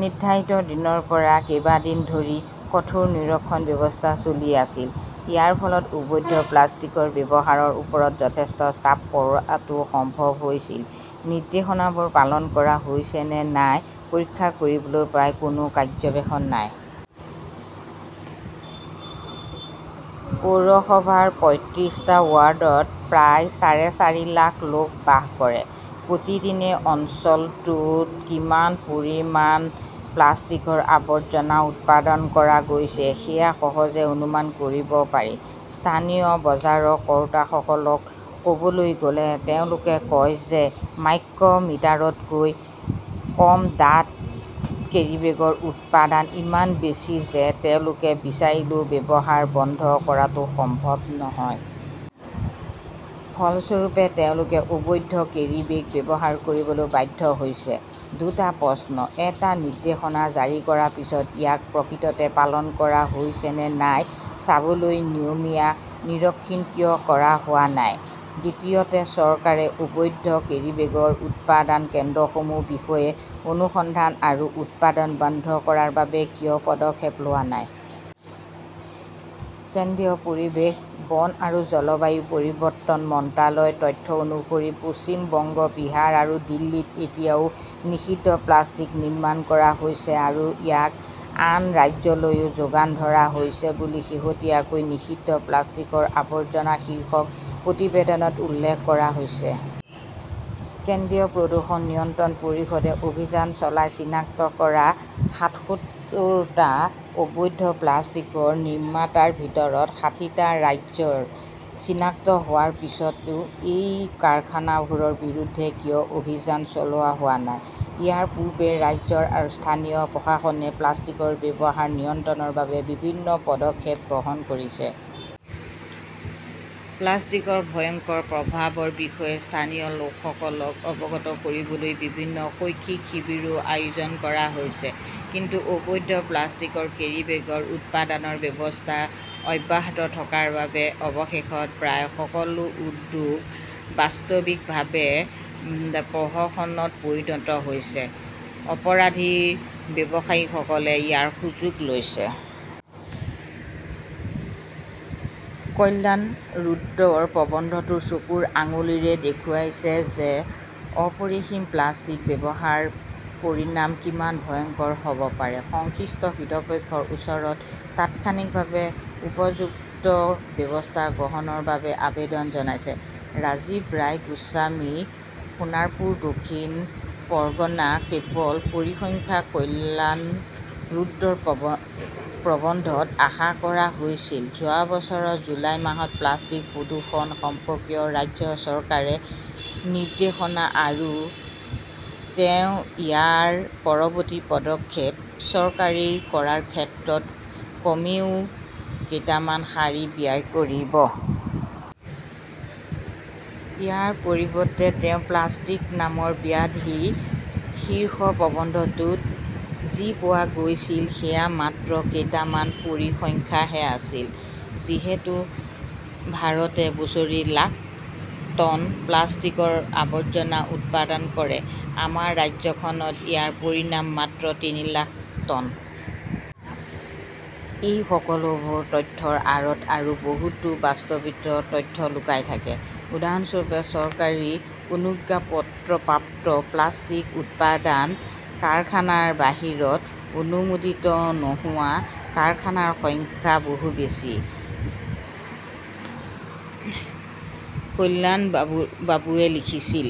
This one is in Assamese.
নিৰ্ধাৰিত দিনৰ পৰা কেইবা দিন ধৰি কঠোৰ নিৰীক্ষণ ব্যৱস্থা চলি আছিল। ইয়াৰ ফলত অবৈধ প্লাষ্টিকৰ ব্যৱহাৰৰ ওপৰত যথেষ্ট চাপ পৰাটো সম্ভৱ হৈছিল। নিৰ্দেশনাবোৰ পালন কৰা হৈছে নে নাই পৰীক্ষা কৰিবলৈ প্ৰায় কোনো পৰ্যবেক্ষণ নাই। পৌৰসভাৰ পয়ত্ৰিছটা ৱাৰ্ডত প্ৰায় চাৰে চাৰি লাখ লোক বাস কৰে। প্ৰতিদিনে অঞ্চলটোত কিমান পৰিমাণৰ প্লাষ্টিকৰ আৱৰ্জনা উৎপাদন কৰা হৈছে সেয়া সহজেই অনুমান কৰিব পাৰি। স্থানীয় বজাৰ কৰোঁতাসকলক ক'বলৈ গ' লে তেওঁলোকে কয় যে মাইক্ৰ মিটাৰতকৈ কম ডাঠ কেৰীবেগৰ উৎপাদন ইমান বেছি যে তেওঁলোকে বিচৰিলেও ব্যৱহাৰ বন্ধ কৰাটো সম্ভৱ নহয়। ফলস্বৰূপে, তেওঁলোকে অবৈধ কেৰীবেগ ব্যৱহাৰ কৰিবলৈ বাধ্য হৈছে। দুটা প্ৰশ্ন। এটা, নিৰ্দেশনা জাৰি কৰাৰ পিছত, ইয়াক প্ৰকৃততে পালন কৰা হৈছে নে নাই চাবলৈ নিয়মীয়া নিৰীক্ষণ কিয় কৰা হোৱা নাই? দ্বিতীয়তে, চৰকাৰে অবৈধ কেৰিবেগৰ উৎপাদন কেন্দ্ৰসমূহৰ বিষয়ে অনুসন্ধান আৰু উৎপাদন বন্ধ কৰাৰ বাবে কিয় পদক্ষেপ লোৱা নাই? কেন্দ্ৰীয় পৰিৱেশ, বন আৰু জলবায়ু পৰিৱৰ্তন মন্ত্ৰালয়ৰ তথ্য অনুসৰি পশ্চিম বংগ, বিহাৰ আৰু দিল্লীত এতিয়াও নিষিদ্ধ প্লাষ্টিক নিৰ্মাণ কৰা হৈছে, আৰু ইয়াক আন ৰাজ্যলৈও যোগান ধৰা হৈছে বুলি শেহতীয়াকৈ নিষিদ্ধ প্লাষ্টিকৰ আৱৰ্জনা শীৰ্ষক প্ৰতিবেদনত উল্লেখ কৰা হৈছে। কেন্দ্ৰীয় প্ৰদূষণ নিয়ন্ত্ৰণ পৰিষদে অভিযান চলাই চিনাক্ত কৰা সাতসত্তৰটা অবৈধ প্লাষ্টিক নিৰ্মাতাৰ ভিতৰত ষাঠিটা ৰাজ্যৰ। চিনাক্ত হোৱাৰ পিছতো এই কাৰখানাবোৰৰ বিৰুদ্ধে কিয় অভিযান চলোৱা হোৱা নাই? ইয়াৰ পূৰ্বে ৰাজ্য আৰু স্থানীয় প্ৰশাসনে প্লাষ্টিকৰ ব্যৱহাৰ নিয়ন্ত্ৰণৰ বাবে বিভিন্ন পদক্ষেপ গ্ৰহণ কৰিছে। প্লাষ্টিকৰ ভয়ংকৰ প্ৰভাৱৰ বিষয়ে স্থানীয় লোকসকলক অৱগত কৰিবলৈ বিভিন্ন শৈক্ষিক শিবিৰো আয়োজন কৰা হৈছে। কিন্তু অবৈধ প্লাষ্টিকৰ কেৰিবেগৰ উৎপাদন ব্যৱস্থা অব্যাহত থকাৰ বাবে অৱশেষত প্ৰায় সকলো উদ্যোগ বাস্তৱিকভাৱে প্ৰহসনত পৰিণত হৈছে। অপৰাধী ব্যৱসায়ীসকলে ইয়াৰ সুযোগ লৈছে। কল্যাণ ৰুদ্ৰৰ প্ৰবন্ধটোৱে চকুৰ আঙুলিৰে দেখুৱাইছে যে অপৰিসীম প্লাষ্টিক ব্যৱহাৰৰ পৰিণাম কিমান ভয়ংকৰ হ 'ব পাৰে। সংশ্লিষ্ট কৰ্তৃপক্ষৰ ওচৰত তাৎক্ষণিকভাৱে উপযুক্ত ব্যৱস্থা গ্ৰহণৰ বাবে আবেদন জনাইছে। ৰাজীৱ ৰায় গোস্বামী, সোণৰপুৰ, দক্ষিণ পৰগনা কেৱল পৰিসংখ্যা কল্যাণ ৰুদ্ৰৰ প্ৰবন্ধত আশা কৰা হৈছিল, যোৱা বছৰৰ জুলাই মাহত প্লাষ্টিক প্ৰদূষণ সম্পৰ্কীয় ৰাজ্য চৰকাৰৰ নিৰ্দেশনা, আৰু তেওঁ ইয়াৰ পৰৱৰ্তী পদক্ষেপ কাৰ্যকৰী কৰাৰ ক্ষেত্ৰত কমেও কেইটামান শাৰী ব্যয় কৰিব। ইয়াৰ পৰিৱৰ্তে তেওঁৰ প্লাষ্টিক নামৰ ব্যাধি শীৰ্ষক প্ৰবন্ধটোত যি পোৱা গৈছিল সেয়া মাত্ৰ কেইটামান পৰিসংখ্যাহে আছিল। যিহেতু ভাৰতে বছৰি লাখ টন প্লাষ্টিকৰ আৱৰ্জনা উৎপাদন কৰে, আমাৰ ৰাজ্যখনত ইয়াৰ পৰিমাণ মাত্ৰ তিনি লাখ টন। এই সকলোবোৰ তথ্যৰ আঁৰত আৰু বহুতো বাস্তৱিক তথ্য লুকাই থাকে। উদাহৰণস্বৰূপে, চৰকাৰী অনুজ্ঞাপত্ৰপ্ৰাপ্ত প্লাষ্টিক উৎপাদন কাৰখানাৰ বাহিৰত অনুমোদিত নোহোৱা কাৰখানাৰ সংখ্যা বহু বেছি। কল্যাণবাবুৱে লিখিছিল